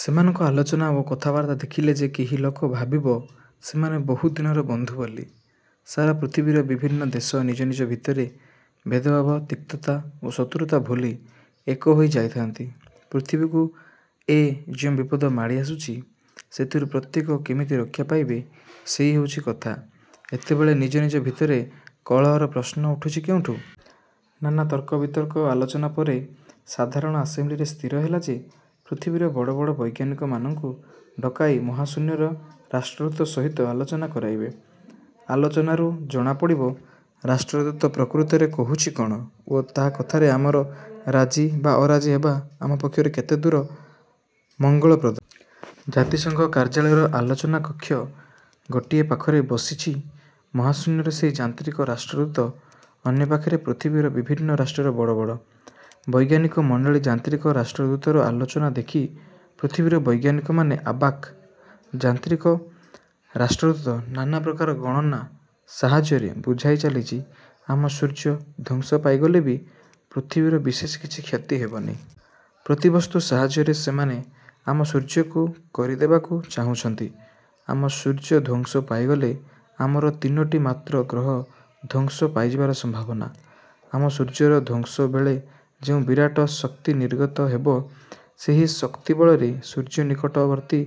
ସେମାନଙ୍କ ଆଲୋଚନା ଓ କଥାବାର୍ତ୍ତା ଦେଖିଲେ ଯେ କେହି ଲୋକ ଭାବିବ, ସେମାନେ ବହୁ ଦିନର ବନ୍ଧୁ ବୋଲି। ସାରା ପୃଥିବୀର ବିଭିନ୍ନ ଦେଶ ନିଜ ନିଜ ଭିତରେ ଭେଦଭାବ ତିକ୍ତତା ଓ ଶତ୍ରୁତା ଭୁଲି ଏକ ହୋଇ ଯାଇଥାନ୍ତି। ପୃଥିବୀକୁ ଏ ଯେଉଁ ବିପଦ ମାଡ଼ି ଆସୁଚି ସେଥିରୁ ପ୍ରତ୍ୟେକ କେମିତି ରକ୍ଷା ପାଇବେ ସେଇ ହେଉଛି କଥା ଏତେବେଳେ ନିଜ ନିଜ ଭିତରେ କଳହର ପ୍ରଶ୍ନ ଉଠୁଛି କେଉଁଠୁ? ନାନା ତର୍କବିତର୍କ ଆଲୋଚନା ପରେ ସାଧାରଣ ଆସେମ୍ବ୍ଲିରେ ସ୍ଥିର ହେଲା ଯେ ପୃଥିବୀର ବଡ଼ ବଡ଼ ବୈଜ୍ଞାନିକମାନଙ୍କୁ ଡକାଇ ମହାଶୂନ୍ୟର ରାଷ୍ଟ୍ରଦୂତ ସହିତ ଆଲୋଚନା କରାଇବେ। ଆଲୋଚନାରୁ ଜଣା ପଡ଼ିବ ରାଷ୍ଟ୍ରଦୂତ ପ୍ରକୃତରେ କହୁଛି କ'ଣ ଓ ତା କଥାରେ ଆମର ରାଜି ବା ଅରାଜି ହେବା ଆମ ପକ୍ଷରେ କେତେ ଦୂର ମଙ୍ଗଳପ୍ରଦ। ଜାତିସଙ୍ଘ କାର୍ଯ୍ୟାଳୟର ଆଲୋଚନା କକ୍ଷ। ଗୋଟିଏ ପାଖରେ ବସିଛି ମହାଶୂନ୍ୟର ସେହି ଯାନ୍ତ୍ରିକ ରାଷ୍ଟ୍ରଦୂତ ଅନ୍ୟ ପାଖରେ ପୃଥିବୀର ବିଭିନ୍ନ ରାଷ୍ଟ୍ରର ବଡ଼ ବଡ଼। ବୈଜ୍ଞାନିକ ମଣ୍ଡଳୀ ଯାନ୍ତ୍ରିକ ରାଷ୍ଟ୍ରଦୂତର ଆଲୋଚନା ଦେଖି ପୃଥିବୀର ବୈଜ୍ଞାନିକମାନେ ଆବାକ୍ ଯାନ୍ତ୍ରିକ ରାଷ୍ଟ୍ରଦୂତ ନାନାପ୍ରକାର ଗଣନା ସାହାଯ୍ୟରେ ବୁଝାଇ ଚାଲିଛି ଆମ ସୂର୍ଯ୍ୟ ଧ୍ୱଂସ ପାଇଗଲେ ବି ପୃଥିବୀର ବିଶେଷ କିଛି କ୍ଷତି ହେବନି। ପ୍ରତିବସ୍ତୁ ସାହାଯ୍ୟରେ ସେମାନେ ଆମ ସୂର୍ଯ୍ୟକୁ କରିଦେବାକୁ ଚାହୁଁଛନ୍ତି। ଆମ ସୂର୍ଯ୍ୟ ଧ୍ୱଂସ ପାଇଗଲେ ଆମର ତିନୋଟି ମାତ୍ର ଗ୍ରହ ଧ୍ୱଂସ ପାଇଯିବାର ସମ୍ଭାବନା। ଆମ ସୂର୍ଯ୍ୟର ଧ୍ୱଂସବେଳେ ଯେଉଁ ବିରାଟ ଶକ୍ତିନିର୍ଗତ ହେବ ସେହି ଶକ୍ତିବଳରେ ସୂର୍ଯ୍ୟନିକଟବର୍ତ୍ତୀ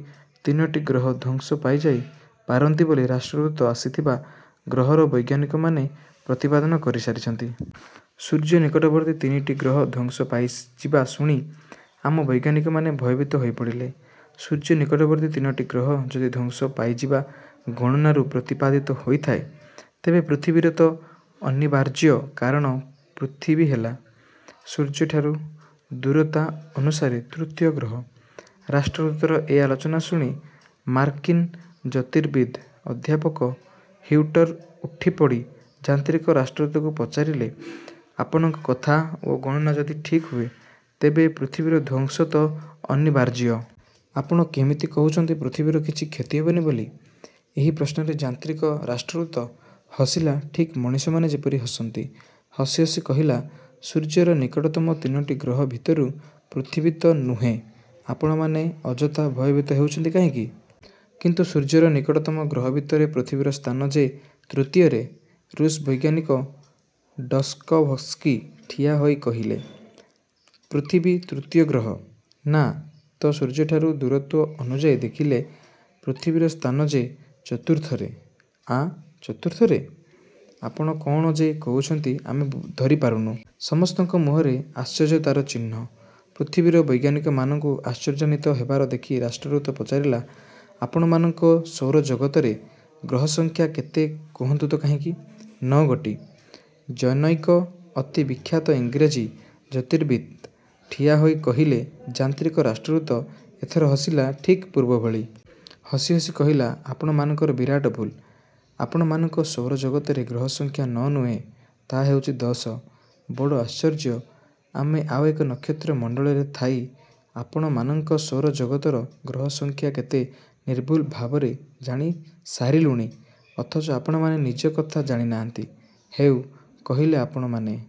ତିନୋଟି ଗ୍ରହ ଧ୍ୱଂସ ପାଇଯାଇ ପାରନ୍ତି ବୋଲି ରାଷ୍ଟ୍ରଦୂତ ଆସିଥିବା ଗ୍ରହର ବୈଜ୍ଞାନିକମାନେ ପ୍ରତିପାଦନ କରିସାରିଛନ୍ତି। ସୂର୍ଯ୍ୟ ନିକଟବର୍ତ୍ତୀ ତିନିଟି ଗ୍ରହ ଧ୍ୱଂସ ପାଇଯିବା ଶୁଣି ଆମ ବୈଜ୍ଞାନିକମାନେ ଭୟଭୀତ ହୋଇପଡ଼ିଲେ। ସୂର୍ଯ୍ୟନିକଟବର୍ତ୍ତୀ ତିନୋଟି ଗ୍ରହ ଯଦି ଧ୍ୱଂସ ପାଇଯିବା ଗଣନାରୁ ପ୍ରତିପାଦିତ ହୋଇଥାଏ ତେବେ ପୃଥିବୀରେ ତ ଅନିବାର୍ଯ୍ୟ କାରଣ ପୃଥିବୀ ହେଲା ସୂର୍ଯ୍ୟଠାରୁ ଦୂରତା ଅନୁସାରେ ତୃତୀୟ ଗ୍ରହ। ରାଷ୍ଟ୍ରଦୂତର ଏ ଆଲୋଚନା ଶୁଣି ମାର୍କିନ୍ ଜ୍ୟୋତିର୍ବିଦ ଅଧ୍ୟାପକ ହିଉଟର ଉଠିପଡ଼ି ଯାନ୍ତ୍ରିକ ରାଷ୍ଟ୍ରଦୂତକୁ ପଚାରିଲେ, ଆପଣଙ୍କ କଥା ଓ ଗଣନା ଯଦି ଠିକ୍ ହୁଏ ତେବେ ପୃଥିବୀର ଧ୍ୱଂସ ତ ଅନିବାର୍ଯ୍ୟ। ଆପଣ କେମିତି କହୁଛନ୍ତି ପୃଥିବୀର କିଛି କ୍ଷତି ହେବନି ବୋଲି। ଏହି ପ୍ରଶ୍ନରେ ଯାନ୍ତ୍ରିକ ରାଷ୍ଟ୍ରଦୂତ ହସିଲା ଠିକ୍ ମଣିଷମାନେ ଯେପରି ହସନ୍ତି। ହସି ହସି କହିଲା ସୂର୍ଯ୍ୟର ନିକଟତମ ତିନୋଟି ଗ୍ରହ ଭିତରୁ ପୃଥିବୀ ତ ନୁହେଁ ଆପଣମାନେ ଅଯଥା ଭୟଭୀତ ହେଉଛନ୍ତି କାହିଁକି? କିନ୍ତୁ ସୂର୍ଯ୍ୟର ନିକଟତମ ଗ୍ରହ ଭିତରେ ପୃଥିବୀର ସ୍ଥାନ ଯେ ତୃତୀୟରେ। ରୁଷ୍ ବୈଜ୍ଞାନିକ ଡଷ୍କୋଭସ୍କି ଠିଆ ହୋଇ କହିଲେ। ପୃଥିବୀ ତୃତୀୟ ଗ୍ରହ? ନାଁ ତ ସୂର୍ଯ୍ୟଠାରୁ ଦୂରତ୍ୱ ଅନୁଯାୟୀ ଦେଖିଲେ ପୃଥିବୀର ସ୍ଥାନ ଯେ ଚତୁର୍ଥରେ। ଆଁ ଚତୁର୍ଥରେ? ଆପଣ କ'ଣ ଯେ କହୁଛନ୍ତି ଆମେ ଧରିପାରୁନୁ। ସମସ୍ତଙ୍କ ମୁହଁରେ ଆଶ୍ଚର୍ଯ୍ୟତାର ଚିହ୍ନ। ପୃଥିବୀର ବୈଜ୍ଞାନିକମାନଙ୍କୁ ଆଶ୍ଚର୍ଯ୍ୟାନ୍ୱିତ ହେବାର ଦେଖି ରାଷ୍ଟ୍ରଦୂତ ପଚାରିଲା ଆପଣମାନଙ୍କ ସୌରଜଗତରେ ଗ୍ରହ ସଂଖ୍ୟା କେତେ କୁହନ୍ତୁ ତ କାହିଁକି? ନଅ ଗୋଟି। ଜନୈକ ଅତି ବିଖ୍ୟାତ ଇଂରାଜି ଜ୍ୟୋତିର୍ବିତ୍ ଠିଆହୋଇ କହିଲେ। ଯାନ୍ତ୍ରିକ ରାଷ୍ଟ୍ରଦୂତ ଏଥର ହସିଲା, ଠିକ୍ ପୂର୍ବଭଳି। ହସି ହସି କହିଲା ଆପଣମାନଙ୍କର ବିରାଟ ଭୁଲ୍। ଆପଣମାନଙ୍କ ସୌରଜଗତରେ ଗ୍ରହ ସଂଖ୍ୟା ନଅ ନୁହେଁ ତାହା ହେଉଛି ଦଶ। ବଡ଼ ଆଶ୍ଚର୍ଯ୍ୟ ଆମେ ଆଉ ଏକ ନକ୍ଷତ୍ର ମଣ୍ଡଳରେ ଥାଇ ଆପଣମାନଙ୍କ ସୌରଜଗତର ଗ୍ରହ ସଂଖ୍ୟା କେତେ ନିର୍ଭୁଲ ଭାବରେ ଜାଣିସାରିଲୁଣି ଅଥଚ ଆପଣମାନେ ନିଜ କଥା ଜାଣି ନାହାନ୍ତି। ହେଉ କହିଲେ ଆପଣମାନେ--